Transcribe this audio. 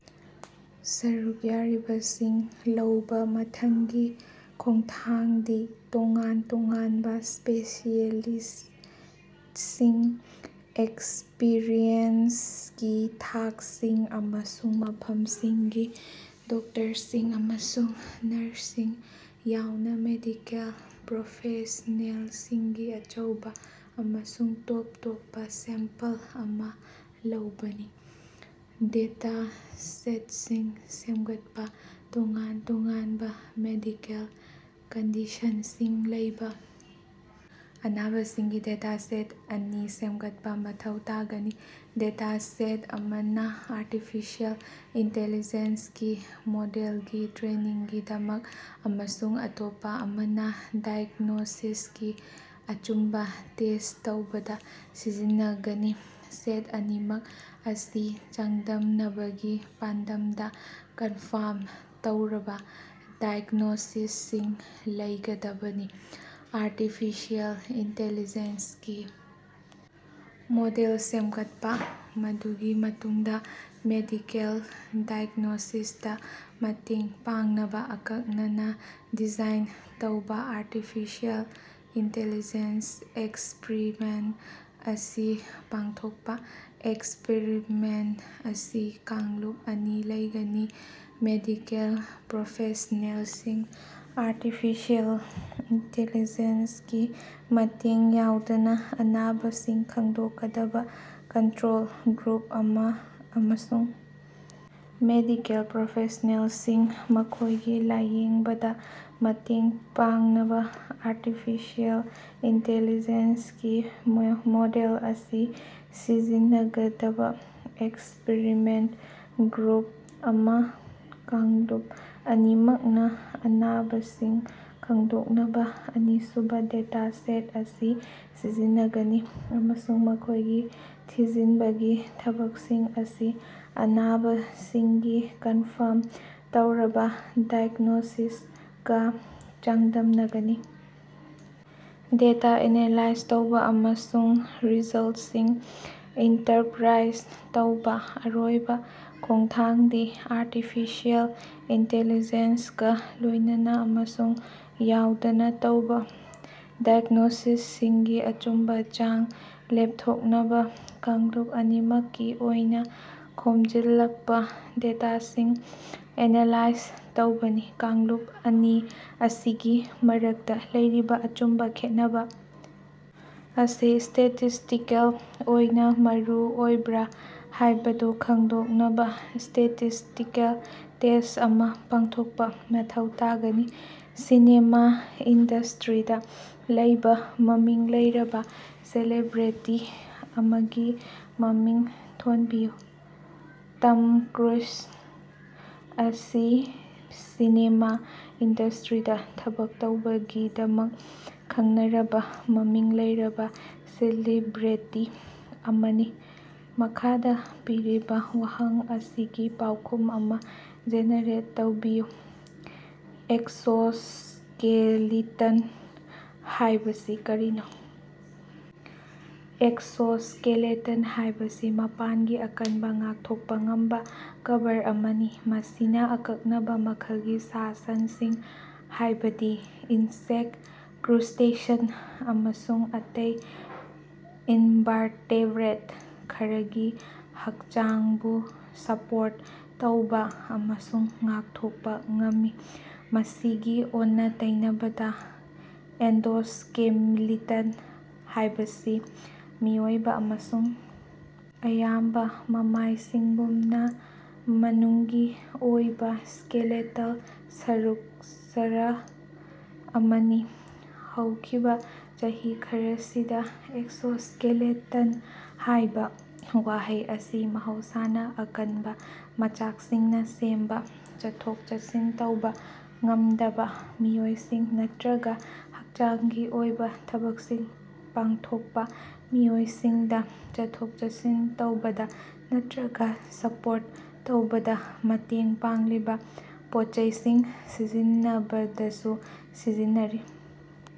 ꯁꯔꯨꯛ ꯌꯥꯔꯤꯕꯁꯤꯡ ꯂꯧꯕꯥ ꯃꯊꯪꯒꯤ ꯈꯣꯡꯊꯥꯡꯗꯤ ꯇꯣꯉꯥꯟ ꯇꯣꯉꯥꯟꯕ ꯁ꯭ꯄꯦꯁꯤꯑꯦꯂꯤꯁꯤꯡ, ꯑꯦꯛꯁꯄꯔꯤꯌꯦꯟꯁꯀꯤ ꯊꯥꯛꯁꯤꯡ, ꯑꯃꯁꯨꯡ ꯃꯐꯝꯁꯤꯡꯒꯤ ꯗꯣꯛꯇꯔꯁꯤꯡ ꯑꯃꯁꯨꯡ ꯅꯔꯁꯁꯤꯡ ꯌꯥꯎꯅ ꯃꯦꯗꯤꯀꯦꯜ ꯄ꯭ꯔꯣꯐꯦꯁ꯭ꯅꯦꯜꯁꯤꯡꯒꯤ ꯑꯆꯧꯕ ꯑꯃꯁꯨꯡ ꯇꯣꯞ ꯇꯣꯞꯄ ꯁꯦꯝꯄꯜ ꯑꯃꯥ ꯂꯧꯕꯅꯤ꯫ ꯗꯦꯇꯥ ꯁꯦꯠꯁꯤꯡ ꯁꯦꯝꯒꯠꯄꯥ: ꯇꯣꯉꯥꯟ ꯇꯣꯉꯥꯟꯕ ꯃꯦꯗꯤꯀꯦꯜ ꯀꯟꯗꯤꯁꯟꯁꯤꯡ ꯂꯩꯕ ꯑꯅꯥꯕꯁꯤꯡꯒꯤ ꯗꯦꯇꯥ ꯁꯦꯠ ꯑꯅꯤ ꯁꯦꯝꯒꯠꯄꯥ ꯃꯊꯧ ꯇꯥꯒꯅꯤ꯫ ꯗꯦꯇꯥ ꯁꯦꯠ ꯑꯃꯅꯥ ꯑꯥꯔꯇꯤꯐꯤꯁꯤꯑꯦꯜ ꯏꯟꯇ‌ꯦꯂꯤꯖ‌ꯦꯟꯁꯒꯤ ꯃꯣꯗꯦꯜꯒꯤ ꯇ꯭ꯔꯦꯅꯤꯡꯒꯤꯗꯃꯛ ꯑꯃꯁꯨꯡ ꯑꯇꯣꯞꯄꯥ ꯑꯃꯅ ꯗꯥꯏꯒ꯭ꯅꯣꯁꯤꯁꯀꯤ ꯑꯆꯨꯝꯕ ꯇꯦꯁ꯭ꯠ ꯇꯧꯕꯗ ꯁꯤꯖꯤꯟꯅꯒꯅꯤ꯫ ꯁꯦꯠ ꯑꯅꯤꯃꯛ ꯑꯁꯤ ꯆꯥꯡꯗꯝꯅꯕꯒꯤ ꯄꯥꯟꯗꯝꯗ ꯀꯟꯐꯥꯔꯝ ꯇꯧꯔꯕ ꯗꯥꯏꯑꯦꯒ꯭ꯅꯣꯁꯤꯁꯁꯤꯡ ꯂꯩꯒꯗꯕꯅꯤ꯫ ꯑꯥꯔꯇꯤꯐꯤꯁꯤꯑꯦꯜ ꯏꯟꯇ‌ꯦꯂꯤꯖ‌ꯦꯟꯁꯒꯤ ꯃꯣꯗꯦꯜ ꯁꯦꯝꯒꯠꯄꯥ: ꯃꯗꯨꯒꯤ ꯃꯇꯨꯡꯗꯥ ꯃꯦꯗꯤꯀꯦꯜ ꯗꯥꯏꯒ꯭ꯅꯣꯁꯤꯁꯇꯥ ꯃꯇꯦꯡ ꯄꯥꯡꯅꯕ ꯑꯀꯛꯅꯅꯥ ꯗꯤꯖꯥꯏꯟ ꯇꯧꯕꯥ ꯑꯥꯔꯇꯤꯐꯤꯁꯤꯑꯦꯜ ꯏꯟꯇ‌ꯦꯂꯤꯖ‌ꯦꯟꯁ ꯑꯦꯛꯁꯄꯔꯤꯃꯦꯟꯠ ꯑꯁꯤ ꯄꯥꯡꯊꯣꯛꯄꯥ: ꯑꯦꯛꯁꯄꯔꯤꯃꯦꯟꯠ ꯑꯁꯤ ꯀꯥꯡꯂꯨꯞ ꯑꯅꯤ ꯂꯩꯒꯅꯤ; ꯃꯦꯗꯤꯀꯦꯜ ꯄ꯭ꯔꯣꯐꯦꯁ꯭ꯅꯦꯜꯁꯤꯡꯅ ꯑꯥꯔꯇꯤꯐꯤꯁꯤꯑꯦꯜ ꯏꯟꯇ‌ꯦꯂꯤꯖ‌ꯦꯟꯁꯒꯤ ꯃꯇꯦꯡ ꯌꯥꯎꯗꯅ ꯑꯅꯥꯕꯁꯤꯡ ꯈꯪꯗꯣꯛꯀꯗꯕ ꯀꯟꯇꯔꯣꯜ ꯒ꯭ꯔꯨꯞ ꯑꯃꯥ ꯑꯃꯁꯨꯡ ꯃꯦꯗꯤꯀꯦꯜ ꯄ꯭ꯔꯣꯐꯦꯁ꯭ꯅꯦꯜꯁꯤꯡꯅ ꯃꯈꯣꯏꯒꯤ ꯂꯥꯌꯦꯡꯕꯗ ꯃꯇꯦꯡ ꯄꯥꯡꯅꯕꯥ ꯑꯥꯔꯇꯤꯐꯤꯁꯤꯑꯦꯜ ꯏꯟꯇ‌ꯦꯂꯤꯖ‌ꯦꯟꯁꯒꯤ ꯃꯣꯗꯦꯜ ꯑꯁꯤ ꯁꯤꯖꯤꯟꯅꯒꯗꯕ ꯑꯦꯛꯁꯄꯤꯔꯤꯃꯦꯟꯠ ꯒ꯭ꯔꯨꯞ ꯑꯃꯥ꯫ ꯀꯥꯡꯂꯨꯞ ꯑꯅꯤꯃꯛꯅꯥ ꯑꯅꯥꯕꯁꯤꯡ ꯈꯪꯗꯣꯛꯅꯕ ꯑꯅꯤꯁꯨꯕ ꯗꯦꯇꯥ ꯁꯦꯠ ꯑꯁꯤ ꯁꯤꯖꯤꯟꯅꯒꯅꯤ, ꯑꯃꯁꯨꯡ ꯃꯈꯣꯏꯒꯤ ꯊꯤꯖꯤꯟꯕꯒꯤ ꯊꯕꯛꯁꯤꯡ ꯑꯁꯤ ꯑꯅꯥꯕꯁꯤꯡꯒꯤ ꯀꯟꯐꯔꯝ ꯇꯧꯔꯕ ꯗꯥꯏꯒ꯭ꯅꯣꯁꯤꯁꯀꯥ ꯆꯥꯡꯗꯝꯅꯒꯅꯤ꯫ ꯗꯦꯇꯥ ꯑꯦꯅꯥꯂꯥꯏꯖ ꯇꯧꯕ ꯑꯃꯁꯨꯡ ꯔꯤꯖꯜꯠꯁꯤꯡ ꯏꯟꯇꯔꯄꯔꯥꯏꯖ ꯇꯧꯕꯥ: ꯑꯔꯣꯏꯕ ꯈꯣꯡꯊꯥꯡꯗꯤ ꯑꯥꯔꯇꯤꯐꯤꯁꯤꯑꯦꯜ ꯏꯟꯇ‌ꯦꯂꯤꯖ‌ꯦꯟꯁꯒꯥ ꯂꯣꯏꯅꯅꯥ ꯑꯃꯁꯨꯡ ꯌꯥꯎꯗꯅ ꯇꯧꯕ ꯗꯥꯏꯒ꯭ꯅꯣꯁꯤꯁꯁꯤꯡꯒꯤ ꯑꯆꯨꯝꯕ ꯆꯥꯡ ꯂꯦꯞꯊꯣꯛꯅꯕ ꯀꯥꯡꯂꯨꯞ ꯑꯅꯤꯃꯛꯀꯤ ꯑꯣꯏꯅ ꯈꯣꯝꯖꯤꯜꯂꯛꯄ ꯗꯦꯇꯥꯁꯤꯡ ꯑꯦꯅꯥꯂꯥꯏꯖ ꯇꯧꯕꯅꯤ꯫ ꯀꯥꯡꯂꯨꯞ ꯑꯅꯤ ꯑꯁꯤꯒꯤ ꯃꯔꯛꯇ ꯂꯩꯔꯤꯕ ꯑꯆꯨꯝꯕ ꯈꯦꯠꯅꯕ ꯑꯁꯤ ꯁ꯭ꯇꯦꯇꯤꯁ꯭ꯇꯤꯀꯦꯜ ꯑꯣꯏꯅ ꯃꯔꯨ ꯑꯣꯏꯕꯔꯥ ꯍꯥꯏꯕꯗꯨ ꯈꯪꯗꯣꯛꯅꯕꯥ ꯁ꯭ꯇꯦꯇꯤꯁ꯭ꯇꯤꯀꯦꯜ ꯇꯦꯁ꯭ꯠ ꯑꯃꯥ ꯄꯥꯡꯊꯣꯛꯄꯥ ꯃꯊꯧ ꯇꯥꯒꯅꯤ꯫ ꯁꯤꯅꯦꯃꯥ ꯏꯟꯗꯁ꯭ꯇꯔꯤꯗꯥ ꯂꯩꯕ ꯃꯃꯤꯡ ꯂꯩꯔꯕ ꯁꯦꯂꯤꯕ꯭ꯔꯦꯇꯤ ꯑꯃꯒꯤ ꯃꯃꯤꯡ ꯊꯣꯟꯕꯤꯌꯨ꯫ ꯇꯝ ꯀ꯭ꯔꯨꯏꯖ ꯑꯁꯤ ꯁꯤꯅꯦꯃꯥ ꯏꯟꯗꯁ꯭ꯇꯔꯤꯗꯥ ꯊꯕꯛ ꯇꯧꯕꯒꯤꯗꯃꯛ ꯈꯪꯅꯔꯕ ꯃꯃꯤꯡ ꯂꯩꯔꯕ ꯁꯦꯂꯤꯕ꯭ꯔꯦꯇꯤ ꯑꯃꯅꯤ꯫ ꯃꯈꯥꯗ ꯄꯤꯔꯤꯕ ꯋꯥꯍꯪ ꯑꯁꯤꯒꯤ ꯄꯥꯎꯈꯨꯝ ꯑꯃꯥ ꯖꯦꯅꯦꯔꯦꯠ ꯇꯧꯕꯤꯌꯨ꯫ ꯑꯦꯛꯁꯣꯁ꯭ꯀꯦꯂꯤꯇꯟ ꯍꯥꯏꯕꯁꯤ ꯀꯔꯤꯅꯣ? ꯑꯦꯛꯁꯣꯁ꯭ꯀꯦꯂꯤꯇꯟ ꯍꯥꯏꯕꯁꯤ ꯃꯄꯥꯟꯒꯤ, ꯑꯀꯟꯕ, ꯉꯥꯛꯊꯣꯛꯄꯥ ꯉꯝꯕ ꯀꯚꯔ ꯑꯃꯅꯤ, ꯃꯁꯤꯅ ꯑꯀꯛꯅꯕ ꯃꯈꯜꯒꯤ ꯁꯥ ꯁꯟꯁꯤꯡ ꯍꯥꯏꯕꯗꯤ ꯏꯟꯁꯦꯛꯠ, ꯀ꯭ꯔꯨꯁ꯭ꯇꯦꯁꯟ ꯑꯃꯁꯨꯡ ꯑꯇꯩ ꯏꯟꯚꯥꯔꯇꯦꯕ꯭ꯔꯦꯠ ꯈꯔꯒꯤ ꯍꯛꯆꯥꯡꯕꯨ ꯁꯄꯣꯔꯠ ꯇꯧꯕ ꯑꯃꯁꯨꯡ ꯉꯥꯛꯊꯣꯛꯄ ꯉꯝꯃꯤ꯫ ꯃꯁꯤꯒꯤ ꯑꯣꯟꯅ ꯇꯩꯅꯕꯗꯥ, ꯑꯦꯟꯗꯣꯁ꯭ꯀꯦꯂꯤꯇꯟ ꯍꯥꯏꯕꯁꯤ ꯃꯤꯑꯣꯏꯕ ꯑꯃꯁꯨꯡ ꯑꯌꯥꯝꯕ ꯃꯃꯥꯏꯁꯤꯡꯒꯨꯝꯅ ꯃꯅꯨꯡꯒꯤ ꯑꯣꯏꯕꯥ ꯁ꯭ꯀꯦꯂꯦꯇꯜ ꯁ꯭ꯇꯔꯛꯆꯔ ꯑꯃꯅꯤ꯫ ꯍꯧꯈꯤꯕꯥ ꯆꯍꯤ ꯈꯔꯁꯤꯗꯥ, ꯑꯦꯛꯁꯣꯁ꯭ꯀꯦꯂꯤꯇꯟ ꯍꯥꯏꯕ ꯋꯥꯍꯩ ꯑꯁꯤ ꯃꯍꯧꯁꯥꯅꯥ ꯑꯀꯟꯕ ꯃꯆꯥꯛꯁꯤꯡꯅ ꯁꯦꯝꯕꯥ, ꯆꯠꯊꯣꯛ-ꯆꯠꯁꯤꯟ ꯇꯧꯕ ꯉꯝꯗꯕ ꯃꯤꯑꯣꯏꯁꯤꯡ ꯅꯠꯇꯔꯒꯥ ꯍꯛꯆꯥꯡꯒꯤ ꯑꯣꯏꯕ ꯊꯕꯛꯁꯤꯡ ꯄꯥꯡꯊꯣꯛꯄꯥ ꯃꯤꯑꯣꯏꯁꯤꯡꯗ ꯆꯠꯊꯣꯛ ꯆꯠꯁꯤꯟ ꯇꯧꯕꯗ ꯅꯠꯇꯔꯒ ꯁꯄꯣꯔꯠ ꯇꯧꯕꯗ ꯃꯇꯦꯡ ꯄꯥꯡꯂꯤꯕ ꯄꯣꯠꯆꯩꯁꯤꯡ ꯁꯤꯖꯤꯟꯅꯕꯗꯁꯨ ꯁꯤꯖꯤꯟꯅꯔꯤ꯫